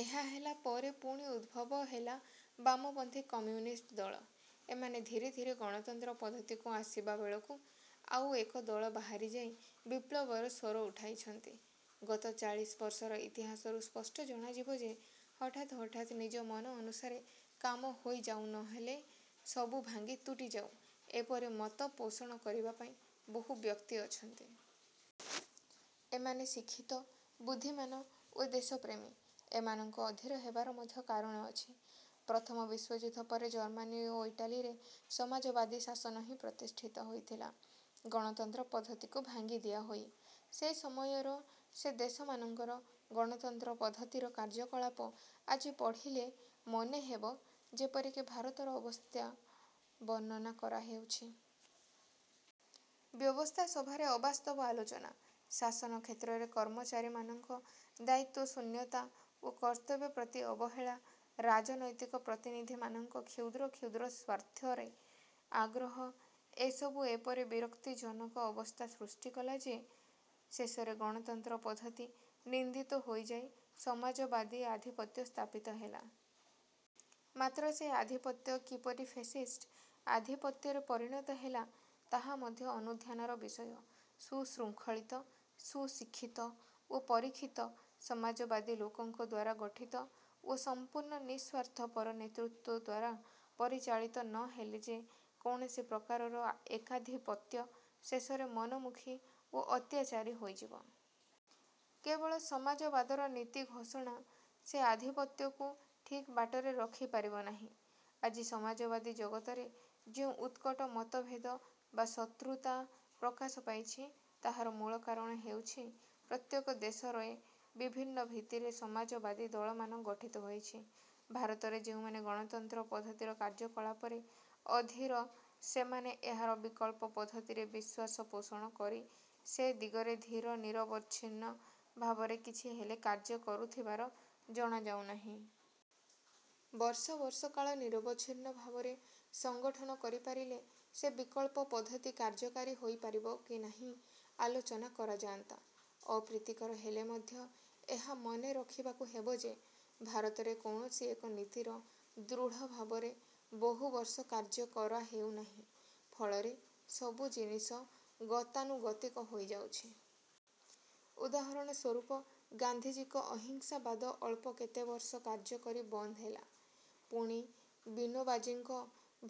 ଏହା ହେଲା ପରେ ପୁଣି ଉଦ୍ଭବ ହେଲା ବାମପନ୍ଥୀ କମ୍ୟୁନିଷ୍ଟ ଦଳ। ଏମାନେ ଧୀରେ ଧୀରେ ଗଣତନ୍ତ୍ର ପଦ୍ଧତିକୁ ଆସିବାବେଳକୁ ଆଉ ଏକ ଦଳ ବାହାରିଯାଇ ବିପ୍ଳବର ସ୍ୱର ଉଠାଇଛନ୍ତି। ଗତ ଚାଳିଶବର୍ଷର ଇତିହାସରୁ ସ୍ପଷ୍ଟ ଜଣାଯିବ ଯେ ହଠାତ୍ ହଠାତ୍ ନିଜ ମନ ଅନୁସାରେ କାମ ହୋଇଯାଉ ନହେଲେ ସବୁ ଭାଙ୍ଗି ତୁଟିଯାଉ ଏପରି ମତପୋଷଣ କରିବା ପାଇଁ ବହୁ ବ୍ୟକ୍ତି ଅଛନ୍ତି। ଏମାନେ ଶିକ୍ଷିତ, ବୁଦ୍ଧିମାନ ଓ ଦେଶପ୍ରେମୀ। ଏମାନଙ୍କ ଅଧୀର ହେବାର ମଧ୍ୟ କାରଣ ଅଛି। ପ୍ରଥମ ବିଶ୍ୱଯୁଦ୍ଧ ପରେ ଜର୍ମାନୀ ଓ ଇଟାଲୀରେ ସମାଜବାଦୀ ଶାସନ ହିଁ ପ୍ରତିଷ୍ଠିତ। ହୋଇଥିଲା ଗଣତନ୍ତ୍ର ପଦ୍ଧତିକୁ ଭାଙ୍ଗି ଦିଆହୋଇ। ସେ ସମୟର ସେ ଦେଶମାନଙ୍କର ଗଣତନ୍ତ୍ର ପଦ୍ଧତିର କାର୍ଯ୍ୟକଳାପ ଆଜି ପଢ଼ିଲେ ମନେ ହେବ ଯେପରିକି ଭାରତର ଅବସ୍ଥା ବର୍ଣ୍ଣନା କରା ହେଉଛି। ବ୍ୟବସ୍ଥା ସଭାରେ ଅବାସ୍ତବ ଆଲୋଚନା, ଶାସନ କ୍ଷେତ୍ରରେ କର୍ମଚାରୀମାନଙ୍କ ଦାୟିତ୍ୱଶୂନ୍ୟତା ଓ କର୍ତ୍ତବ୍ୟ ପ୍ରତି ଅବହେଳା, ରାଜନୈତିକ ପ୍ରତିନିଧିମାନଙ୍କ କ୍ଷୁଦ୍ର କ୍ଷୁଦ୍ର ସ୍ୱାର୍ଥରେ ଆଗ୍ରହ ଏସବୁ ଏପରି ବିରକ୍ତିଜନକ ଅବସ୍ଥା ସୃଷ୍ଟି କଲା ଯେ ଶେଷରେ ଗଣତନ୍ତ୍ର ପଦ୍ଧତି ନିନ୍ଦିତ ହୋଇଯାଇ ସମାଜବାଦୀ ଆଧିପତ୍ୟ ସ୍ଥାପିତ ହେଲା। ମାତ୍ର ସେ ଆଧିପତ୍ୟ କିପରି ଫେସିଷ୍ଟ ଆଧିପତ୍ୟରେ ପରିଣତ ହେଲା ତାହା ମଧ୍ୟ ଅନୁଧ୍ୟାନର ବିଷୟ। ସୁଶୃଙ୍ଖଳିତ, ସୁଶିକ୍ଷିତ ଓ ପରୀକ୍ଷିତ ସମାଜବାଦୀ ଲୋକଙ୍କ ଦ୍ୱାରା ଗଠିତ ଓ ସମ୍ପୂର୍ଣ୍ଣ ନିସ୍ୱାର୍ଥପର ନେତୃତ୍ୱ ଦ୍ୱାରା ପରିଚାଳିତ ନ ହେଲେ ଯେ କୌଣସି ପ୍ରକାରର ଏକାଧିପତ୍ୟ ଶେଷରେ ମନମୁଖୀ ଓ ଅତ୍ୟାଚାରୀ ହୋଇଯିବ-। କେବଳ ସମାଜବାଦର ନୀତି ଘୋଷଣା ସେ ଆଧିପତ୍ୟକୁ ଠିକ୍ ବାଟରେ ରଖିପାରିବ ନାହିଁ-। ଆଜି ସମାଜବାଦୀ ଜଗତରେ ଯେଉଁ ଉତ୍କଟ ମତଭେଦ ବା ଶତ୍ରୁତା ପ୍ରକାଶ ପାଇଛି ତାହାର ମୂଳକାରଣ ହେଉଛି ପ୍ରତ୍ୟେକ ଦେଶରେ ବିଭିନ୍ନ ଭିତ୍ତିରେ ସମାଜବାଦୀ ଦଳମାନ ଗଠିତ ହୋଇଛି-। ଭାରତରେ ଯେଉଁମାନେ ଗଣତନ୍ତ୍ର ପଦ୍ଧତିର କାର୍ଯ୍ୟକଳାପରେ ଅଧୀର ସେମାନେ ଏହାର ବିକଳ୍ପ ପଦ୍ଧତିରେ ବିଶ୍ୱାସ ପୋଷଣ କରି ସେ ଦିଗରେ ଧୀର ନିରବଚ୍ଛିନ୍ନ ଭାବରେ କିଛି ହେଲେ କାର୍ଯ୍ୟ କରୁଥିବାର ଜଣାଯାଉନାହିଁ। ବର୍ଷ ବର୍ଷକାଳ ନିରବଚ୍ଛିନ୍ନ ଭାବରେ ସଂଗଠନ କରିପାରିଲେ ସେ ବିକଳ୍ପ ପଦ୍ଧତି କାର୍ଯ୍ୟକାରୀ ହୋଇ ପାରିବ କି ନାହିଁ ଆଲୋଚନା କରାଯାନ୍ତା। ଅପ୍ରୀତିକର ହେଲେ ମଧ୍ୟ ଏହା ମନେ ରଖିବାକୁ ହେବଯେ ଭାରତରେ କୌଣସି ଏକ ନୀତିର ଦୃଢ଼ଭାବରେ ବହୁବର୍ଷ କାର୍ଯ୍ୟ କରାହେଉ ନାହିଁ। ଫଳରେ ସବୁ ଜିନିଷ ଗତାନୁଗତିକ ହୋଇଯାଉଛି। ଉଦାହରଣ ସ୍ୱରୂପ ଗାନ୍ଧିଜୀଙ୍କ ଅହିଂସାବାଦ ଅଳ୍ପ କେତେବର୍ଷ କାର୍ଯ୍ୟ କରି ବନ୍ଦହେଲା। ପୁଣି ବିନୋବାଜୀଙ୍କ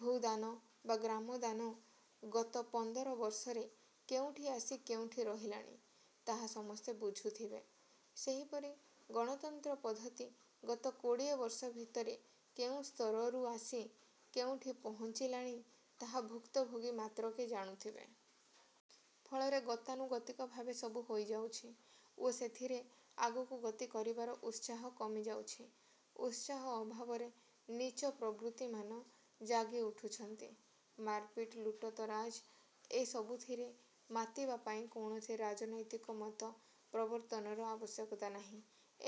ଭୂଦାନ ବା ଗ୍ରାମଦାନ ଗତ ପନ୍ଦର ବର୍ଷରେ କେଉଁଠି ଆସି କେଉଁଠି ରହିଲାଣି, ତାହା ସମସ୍ତେ ବୁଝୁଥିବେ। ସେହିପରି ଗଣତନ୍ତ୍ର ପଦ୍ଧତି ଗତ କୋଡ଼ିଏବର୍ଷ ଭିତରେ କେଉଁ ସ୍ତରରୁ ଆସି କେଉଁଠି ପହୁଞ୍ଚିଲାଣି ତାହା ଭୁକ୍ତଭୋଗୀ ମାତ୍ରକେ ଜାଣୁଥିବେ। ଫଳରେ ଗତାନୁଗତିକ ଭାବେ ସବୁ ହୋଇଯାଉଛି ଓ ସେଥିରେ ଆଗକୁ ଗତି କରିବାର ଉତ୍ସାହ କମିଯାଉଛି। ଉତ୍ସାହ ଅଭାବରେ ନୀଚ ପ୍ରବୃତ୍ତିମାନ ଜାଗି ଉଠୁଛନ୍ତି। ମାରପିଟ୍ ଲୁଟତରାଜ ଏ ସବୁଥିରେ ମାତିବା ପାଇଁ କୌଣସି ରାଜନୈତିକ ମତ ପ୍ରବର୍ତ୍ତନର ଆବଶ୍ୟକତା ନାହିଁ।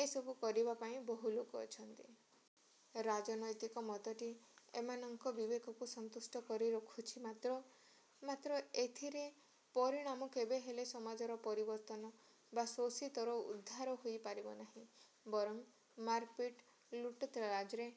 ଏ ସବୁ କରିବା ପାଇଁ ବହୁ ଲୋକ ଅଛନ୍ତି। ରାଜନୈତିକ ମତଟି ଏମାନଙ୍କ ବିବେକକୁ ସନ୍ତୁଷ୍ଟ କରି ରଖୁଛି ମାତ୍ର। ମାତ୍ର ଏଥିରେ ପରିଣାମ କେବେହେଲେ ସମାଜର ପରିବର୍ତ୍ତନ ବା ଶୋଷିତର ଉଦ୍ଧାର ହୋଇ ପାରିବ ନାହିଁ। ବରଂ ମାରପିଟ ଲୁଟତରାଜରେ